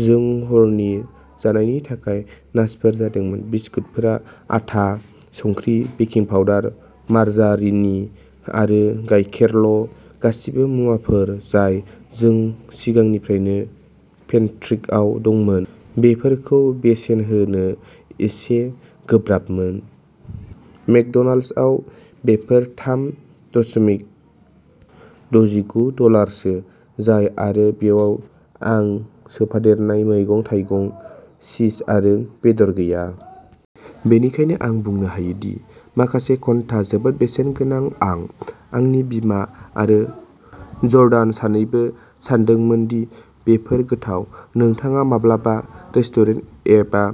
जों हरनि जानायनि थाखाय नाचोफोर जादोंमोन। बिस्कुटफोरा आटा, संख्रि, बेकिं पाउडार, मार्जारिन आरो गायखेरल'- गासिबो मुवाफोर जाय जों सिगांनिफ्रायनो पेन्ट्रीकआव दंमोन, बेफोरखौ बेसेन होनो एसे गोब्राबमोन। मेकड'नाल्ड्सआव बेफोर थाम दशमिक दजिगु डलारसो जायो आरो बेयाव आं सोफादेरनाय मैगं-थाइगं, चीज आरो बेदर गैया। बेनिखायनो आं बुंनो हायो दि माखासे घन्टा जोबोद बेसेन गोनां आं, आंनि बिमा आरो जर्डान सानैबो सानदोंमोन दि बेफोर गोथाव। नोंथाङा माब्लाबा रेस्टुरेन्ट एबा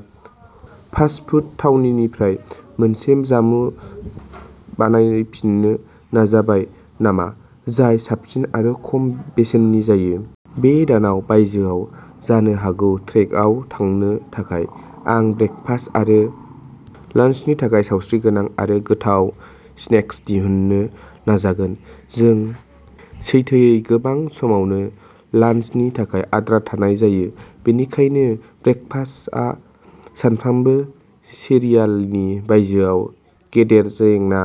फास्ट फुड थावनिनिफ्राय मोनसे जामुं बानायफिननो नाजाबाय नामा जाय साबसिन आरो खम बेसेननि जायो? बे दानाव बायजोआव जानो हागौ ट्रेकआव थांनो थाखाय, आं ब्रेकफास्ट आरो लञ्चनि थाखाय सावस्रिगोनां आरो गोथाव स्नेक्स दिहुननो नाजागोन। जों सैथोयै, गोबां समावनो लञ्चनि थाखाय आद्रा थानाय जायो, बेनिखायनो ब्रेकफास्टआ सानफ्रोमबो सिरियालनि बायजोआव गेदेर जेंना।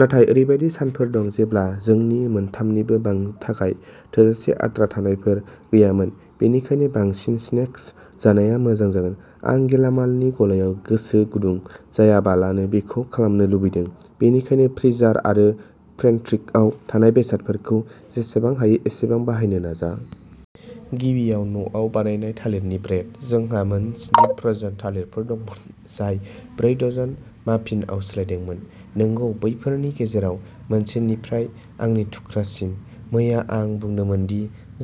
नाथाय ओरैबायदि सानफोर दं जेब्ला जोंनि मोनथामनिबो थाखाय थोजासे आद्रा थानायफोर गैयामोन-बेनिखायनो बांसिन स्नेक्स जानाया मोजां जागोन। आं गेलामालनि गलायाव गोसो गुदुं जायालाबानो बेखौ खालामनो लुबैदों, बेनिखायनो फ्रिजार आरो पेन्ट्रीआव थानाय बेसादफोरखौ जेसेबां हायो एसेबां बाहायनो नाजा। गिबियाव न'आव बानायनाय थालिरनि ब्रेड। जोंहा मोन स्नि फ्र'जेन थालिरफोर दंमोन जाय ब्रै दजन माफिनआव सोलायदोंमोन! नंगौ, बैफोरनि गेजेराव मोनसेनिफ्राय आंनि थुख्रा सिन। मैया आं बुंदोंमोन दि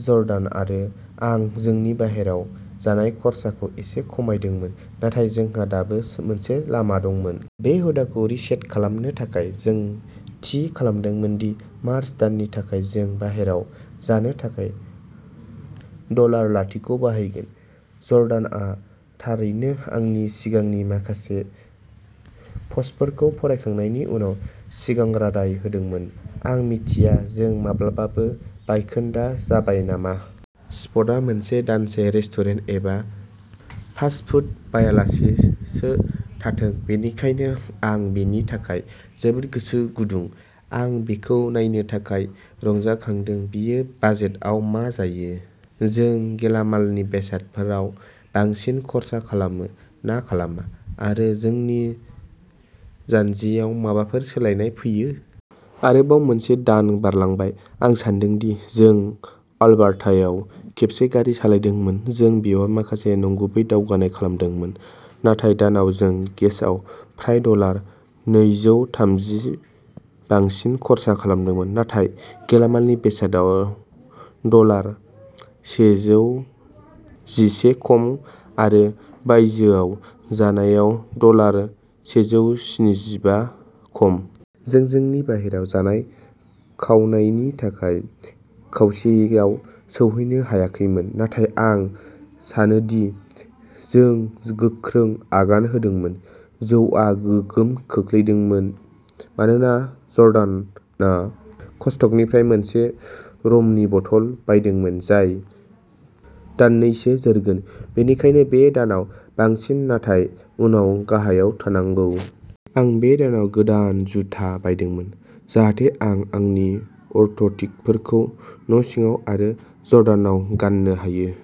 जर्डान आरो आं जोंनि बाहेरायाव जानाय खरसाखौ एसे खमायदोंमोन नाथाय जोंहा दाबो मोनसे लामा दंमोन। बे हुदाखौ'रिसेट'खालामनो थाखाय, जों थि खालामदोंमोनदि मार्च दाननि थाखाय जों बाहेरायाव जानो थाखाय डलार लाथिख बाहायगोन। जर्डानआ थारैनो आंनि सिगांनि माखासे पस्टफोरखौ फरायखांनायनि उनाव सिगां रादाय होदोंमोन। आं मिथिया जों माब्लाबाबो बायखोन्दा जाबाय नामा। सप्ता मोनसे, दानसे रेस्टुरेन्ट एबा फास्ट फुड बायालासेसो थाथों, बेनिखायनो आं बेनि थाखाय जोबोद गोसो गुदुं। आं बेखौ नायनो थाखाय रंजाखांदों दि बाजेटआव मा जायो। जों गेलामालनि बेसादफोराव बांसिन खर्सा खालामो ना खालामा, आरो जोंनि जान्जियाव माबाफोर सोलायनाय फैयो। आरोबाव मोनसे दान बारलांबाय। आं सानदों दि जों आलबार्तायाव खेबबा गारि सालायदोंमोन, जों बेयाव माखासे नंगुबै दावगानाय खालामदोंमोन। थांनाय दानाव जों गेसआव फ्राय डलार नैजौथामजि बांसिन खर्सा खालामदोंमोन, नाथाय गेलामालनि बेसादआव डलार सेजौजिसे खम आरो बायजोआव जानायआव डलार सेजौस्निजिबा खम। जों जोंनि बाहेरायाव जानाय खावनायनि थांखिखौ खावसेआव सौहैनो हायाखैमोन, नाथाय आं सानोदि जों गोख्रों आगान होदोंमोन। जौआ गोहोम खोख्लैदोंमोन मानोना जर्डाना कस्टक'निफ्राय मोनसे रमनि बथल बायदोंमोन जाय दाननैसो जोरगोन, बेनिखायनो बे दानाव बांसिन नाथाय उनाव गाहायाव थानांगौ। आं बे दानाव गोदान जुथा बायदोंमोन जाहाथे आं आंनि अर्थ'टिकफोरखौ न'सिङाव आरो जर्डानाव गान्नो हायो।